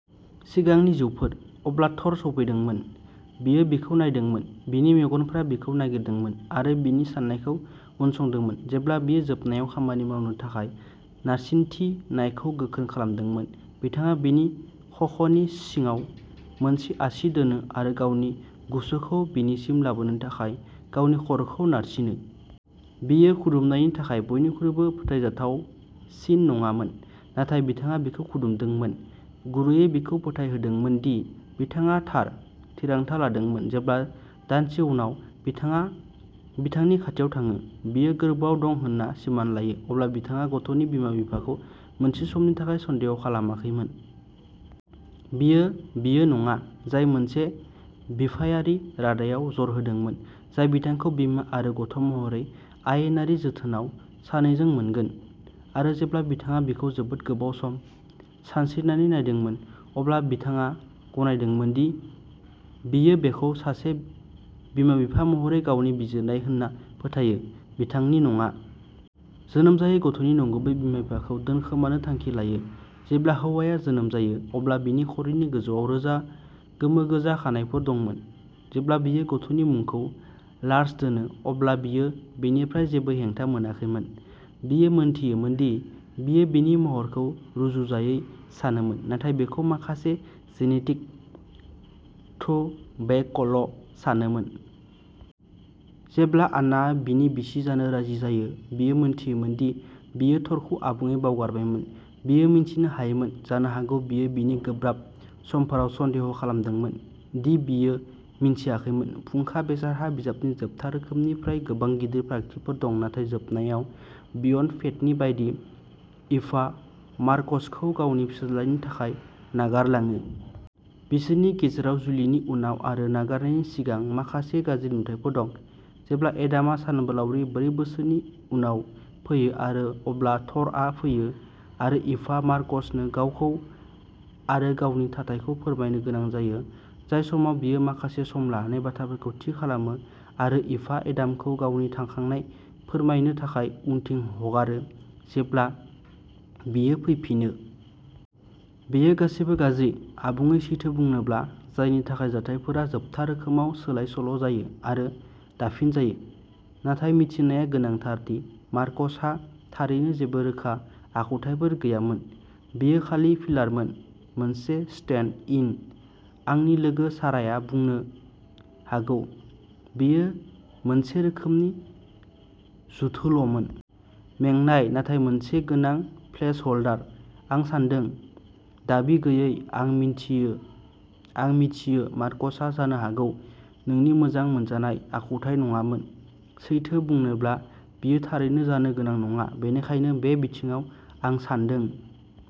सिगांनि जिउफोर। अब्ला थ'र सौफैदोंमोन। बियो बिखौ नायदोंमोन, बिनि मेगनफोरा बिखौ नागिरदोंमोन, आरो बिनि साननायखौ उनसंदोंमोन जेब्ला बियो जोबनायाव खामानि मावनो थाखाय नारसिन्थिनायखौ गोख्रों खालामदोंमोन। बिथाङा बिनि खख'नि सिङाव मोनसे आसि दोनो, आरो गावनि गुस'खौ बिनिसिम लाबोनो थाखाय गावनि खर'खौ नारसिनो। बेयो खुदुमनायनि थाखाय बयनिख्रुइबो फोथायजाथावसिन नङामोन, नाथाय बिथाङा बिखौ खुदुमदोंमोन, गुरैयै बिखौ फोथायहोदोंमोन दि बिथाङा थार थिरांथा लादोंमोन। जेब्ला, दानसे उनाव, बिथाङा बिथांनि खाथियाव थाङो, बियो गोर्बोआव दं होन्ना सिमान लायो, अब्ला बिथाङा गथ'नि बिमा-बिफाखौ मोनसे समनि थाखाय सन्देह खालामाखैमोन। बियो, बियो नङा, जाय मोनसे बिफायारि रादायआव जर होदोंमोन, जाय बिथांखौ बिमा आरो गथ'महरै, आयेनारि जोथोनआव, सानैजों मोनगोन। आरो जेब्ला बिथाङा बिखौ जोबोद गोबाव सम सानस्रिनानै नायदोंमोन, अब्ला बिथाङा गनायदोंमोन दि बियो बेखौ सासे बिमा-बिफा महरै गावनि बिजिरनाय होनना फोथायो, बिथांनि नङा। जोनोम जायै गथ'नि नंगुबै बिमा-बिफाखौ दोनखोमानो थांखि लायो। जेब्ला हौवाया जोनोम जायो, अब्ला बिनि खर'नि गोजौआव रोजा गोमो-गोजा खानाइफोर दंमोन। जेब्ला बियो गथ'नि मुंखौ लार्स दोनो, अब्ला बियो बेनिफ्राय जेबो हेंथा मोनाखैमोन, बियो मोनथियोमोन दि बियो बिनि महरखौ रुजुजायै सानोमोन, नाथाय बेखौ माखासे जेनेटिक थ्रोबेकल'सानोमोन। जेब्ला आन्नाआ बिनि बिसि जानो राजि जायो, बियो मोनथियोमोन दि बियो थरखौ आबुङै बावगारबायमोन। बियो मिन्थिनो हायामोन, जानो हागौ बियो बिनि गोब्राब समफोराव सन्देह खालामदोंमोन दि बियो मिन्थियाखैमोन। फुंखा बेसादहा बिजाबनि जोबथा रोखोमनिफ्राय गोबां गिदिर फारागथिफोर दं नाथाय जोबनायाव, बियन्ड फेटनि बायदि, इभआ मार्कसखौ गावनि फिसाज्लानि थाखाय नागारलाङो। बिसोरनि गेजेराव जुलिनि उनाव आरो नागारनायनि सिगां माखासे गाज्रि नुथायफोर दं, जेब्ला एडामा सानबोलावरि ब्रै बोसोरनि उनाव फैयो, आरो अब्ला थ'रआ फैयो, आरो इभआ मार्कसनो गावखौ आरो गावनि थाथायखौ फोरमायनो गोनां जायो, जाय समाव बियो माखासे सम लानानै बाथ्राफोरखौ थि खालामो, आरो इभआ एडामखौ गावनि थांखांनाय फोरमायनो थाखाय उनथिं हगारो जेब्ला बियो फैफिनो। बेयो गासैबो गाज्रि, आबुङै सैथो बुंनोब्ला, जायनि थाखाय जाथायफोरा जोबथा रोखोमाव सोलाय-सोल'जायो आरो दाफिनजायो, नाथाय मिथिनाया गोनांथार दि मार्कसहा थारैनो जेबो रोखा आखुथायफोर गैयामोन। बियो खालि फिलारमोन। मोनसे स्टेन्ड इन। आंनि लोगो साराया बुंनो हागौ-- बियो मोनसे रोखोमनि जुथोल'मोन। मेंनाय नाथाय मोनसे गोनां प्लेसहोल्डार, आं सान्दों। दाबि गैयैः आं मिथियो, आं मिथियो। मार्कसआ जानो हागौ नोंनि मोजां मोनजानाय आखुथाय नङामोन। सैथो बुंनोब्ला, बियो थारैनो जानो गोनां नङा, बेनिखायनो बे बिथिङाव, आं सान्दों।